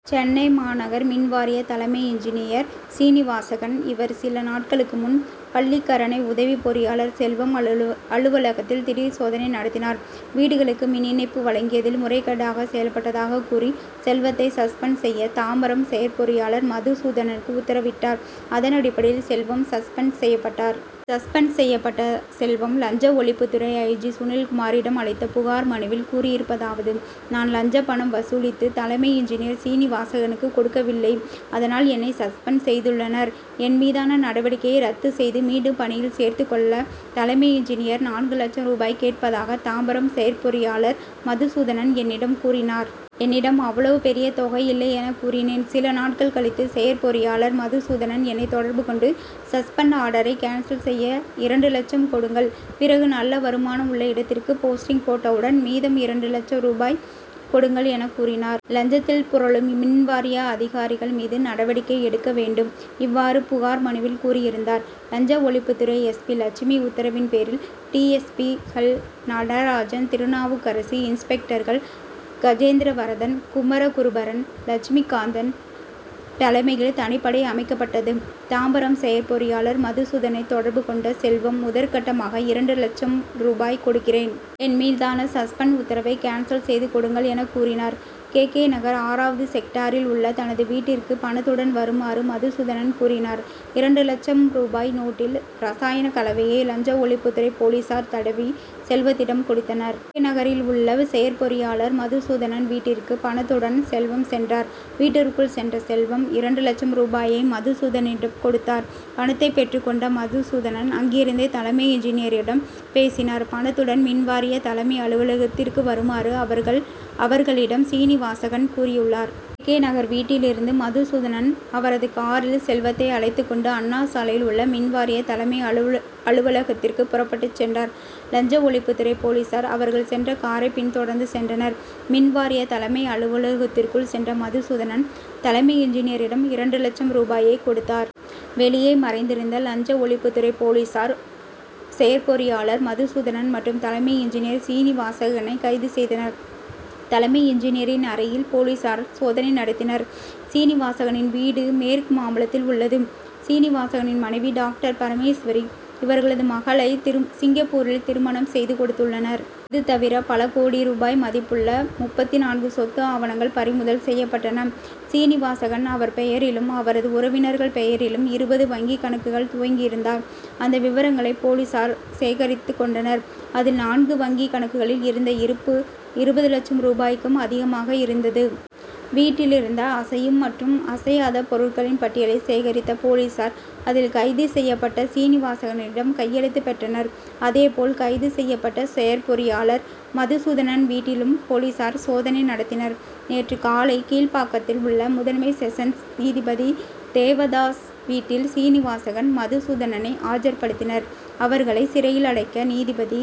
சென்னை மாநகர் மின்வாரிய தலைமை இன்ஜினியர் சீனிவாசகன். இவர், சில நாட்களுக்கு முன் பள்ளிக்கரணை உதவி பொறியாளர் செல்வம் அலுவலகத்தில் திடீர் சோதனை நடத்தினார். வீடுகளுக்கு மின் இணைப்பு வழங்கியதில் முறைகேடாக செயல்பட்டதாக கூறி, செல்வத்தை சஸ்பெண்ட் செய்ய, தாம்பரம் செயற்பொறியாளர் மதுசூதனனுக்கு உத்தரவிட்டார். அதன் அடிப்படையில் செல்வம் சஸ்பெண்ட் செய்யப்பட்டார். சஸ்பெண்ட் செய்யப்பட்ட செல்வம், லஞ்ச ஒழிப்புத்துறை ஐ. ஜி., சுனில்குமாரிடம் அளித்த புகார் மனுவில் கூறியருப்பதாவது நான் லஞ்ச பணம் வசூலித்து தலைமை இன்ஜினியர் சீனிவாசகனுக்கு கொடுக்கவில்லை. அதனால், என்னை சஸ்பெண்ட் செய்துள்ளனர். என் மீதான நடவடிக்கையை ரத்து செய்து மீண்டும் பணியில் சேர்த்துக் கொள்ள தலைமை இன்ஜினியர், நான்கு லட்சம் ரூபாய் கேட்பதாக, தாம்பரம் செயற்பொறியாளர் மதுசூதனன் என்னிடம் கூறினார். என்னிடம் அவ்வளவு பெரிய தொகை இல்லை என கூறினேன். சில நாட்கள் கழித்து, செயற்பொறியாளர் மதுசூதனன் என்னை தொடர்பு கொண்டு, சஸ்பெண்ட் ஆர்டரை கேன்சல் செய்ய இரண்டு லட்சம் கொடுங்கள், பிறகு நல்ல வருமானம் உள்ள இடத்திற்கு போஸ்டிங் போட்டவுடன் மீதம் இரண்டு லட்சம் ரூபாய் கொடுங்கள் என கூறினார். லஞ்சத்தில் புரளும் மின்வாரிய அதிகாரிகள் மீது நடவடிக்கை எடுக்க வேண்டும். இவ்வாறு புகார் மனுவில் கூறியிருந்தார். லஞ்ச ஒழிப்புத்துறை எஸ். பி., லட்சுமி உத்தரவின் பேரில் டி. எஸ். பி.,கள் நடராஜன், திருநாவுக்கரசு, இன்ஸ்பெக்டர்கள் கஜேந்திரவரதன், குமரகுருபரன், லட்சுமிகாந்தன் தலைமையில் தனிப்படை அமைக்கப்பட்டது. தாம்பரம் செயற்பொறியாளர் மதுசூதனை தொடர்பு கொண்ட செல்வம், முதற்கட்டமாக இரண்டு லட்சம் ரூபாய் கொடுக்கிறேன். என் மீதான சஸ்பெண்ட் உத்தரவை கேன்சல் செய்து கொடுங்கள் என கூறினார். கே. கே. நகர் ஆறாவது செக்டாரில் உள்ள தனது வீட்டிற்கு பணத்துடன் வருமாறு மதுசூதனன் கூறினார். இரண்டு லட்சம் ரூபாய் நோட்டில் ரசாயன கலவையை, லஞ்ச ஒழிப்புத் துறை போலீசார் தடவி, செல்வத்திடம் கொடுத்தனர். கே. நகரில் உள்ள செயற்பொறியாளர் மதுசூதனன் வீட்டிற்கு, பணத்துடன் செல்வம் சென்றார். வீட்டிற்குள் சென்ற செல்வம், இரண்டு லட்சம் ரூபாயை, மதுசூதனனிடம் கொடுத்தார். பணத்தை பெற்றுக் கொண்ட மதுசூதனன், அங்கிருந்தே தலைமை இன்ஜினியரிடம் பேசினார். பணத்துடன் மின்வாரிய தலைமை அலுவலகத்திற்கு வருமாறு, அவர்களிடம் சீனிவாசகன் கூறியுள்ளார். கே. கே. நகர் வீட்டில் இருந்து மதுசூதனன் அவரது காரில், செல்வத்தை அழைத்துக் கொண்டு அண்ணாசாலையில் உள்ள மின்வாரிய தலைமை அலுவலகத்திற்கு புறப்பட்டுச் சென்றார். லஞ்ச ஒழிப்புத்துறை போலீசார், அவர்கள் சென்ற காரை பின்தொடர்ந்து சென்றனர். மின்வாரிய தலைமை அலுவலகத்திற்குள் சென்ற மதுசூதனன், தலைமை இன்ஜினியரிடம் இரண்டு லட்சம் ரூபாயை கொடுத்தார். வெளியே மறைந்திருந்த லஞ்ச ஒழிப்புத்துறை போலீசார், செயற்பொறியாளர் மதுசூதனன் மற்றும் தலைமை இன்ஜினியர் சீனிவாசகனை கைது செய்தனர். தலைமை இன்ஜினியரின் அறையில் போலீசார் சோதனை நடத்தினர். சீனிவாசகனின் வீடு மேற்கு மாம்பலத்தில் உள்ளது. சீனிவாசகனின் மனைவி டாக்டர் பரமேஸ்வரி. இவர்களது மகளை சிங்கப்பூரில் திருமணம் செய்து கொடுத்துள்ளனர். இது தவிர பல கோடி ரூபாய் மதிப்புள்ள முப்பத்து நான்கு சொத்து ஆவணங்கள் பறிமுதல் செய்யப்பட்டன. சீனிவாசகன் அவர் பெயரிலும் அவரது உறவினர்கள் பெயரிலும் இருபது வங்கி கணக்குகள் துவக்கியிருந்தார். அந்த விவரங்களை போலீசார் சேகரித்துக் கொண்டனர். அதில், நான்கு வங்கி கணக்குகளில் இருந்த இருப்பு, இருபது லட்சம் ரூபாய்க்கும் அதிகமாக இருந்தது. வீட்டில் இருந்த அசையும் மற்றும் அசையாத பொருட்களின் பட்டியலை சேகரித்த போலீசார், அதில் கைது செய்யப்பட்ட சீனிவாசகனிடம் கையெழுத்து பெற்றனர். அதே போல் கைது செய்யப்பட்ட செயற்பொறியாளர் மதுசூதனன் வீட்டிலும் போலீசார் சோதனை நடத்தினர். நேற்று காலை கீழ்ப்பாக்கத்தில் உள்ள முதன்மை செஷன்ஸ் நீதிபதி தேவதாஸ் வீட்டில் சீனிவாசகன், மதுசூதனனை ஆஜர்படுத்தினர். அவர்களை சிறையில் அடைக்க நீதிபதி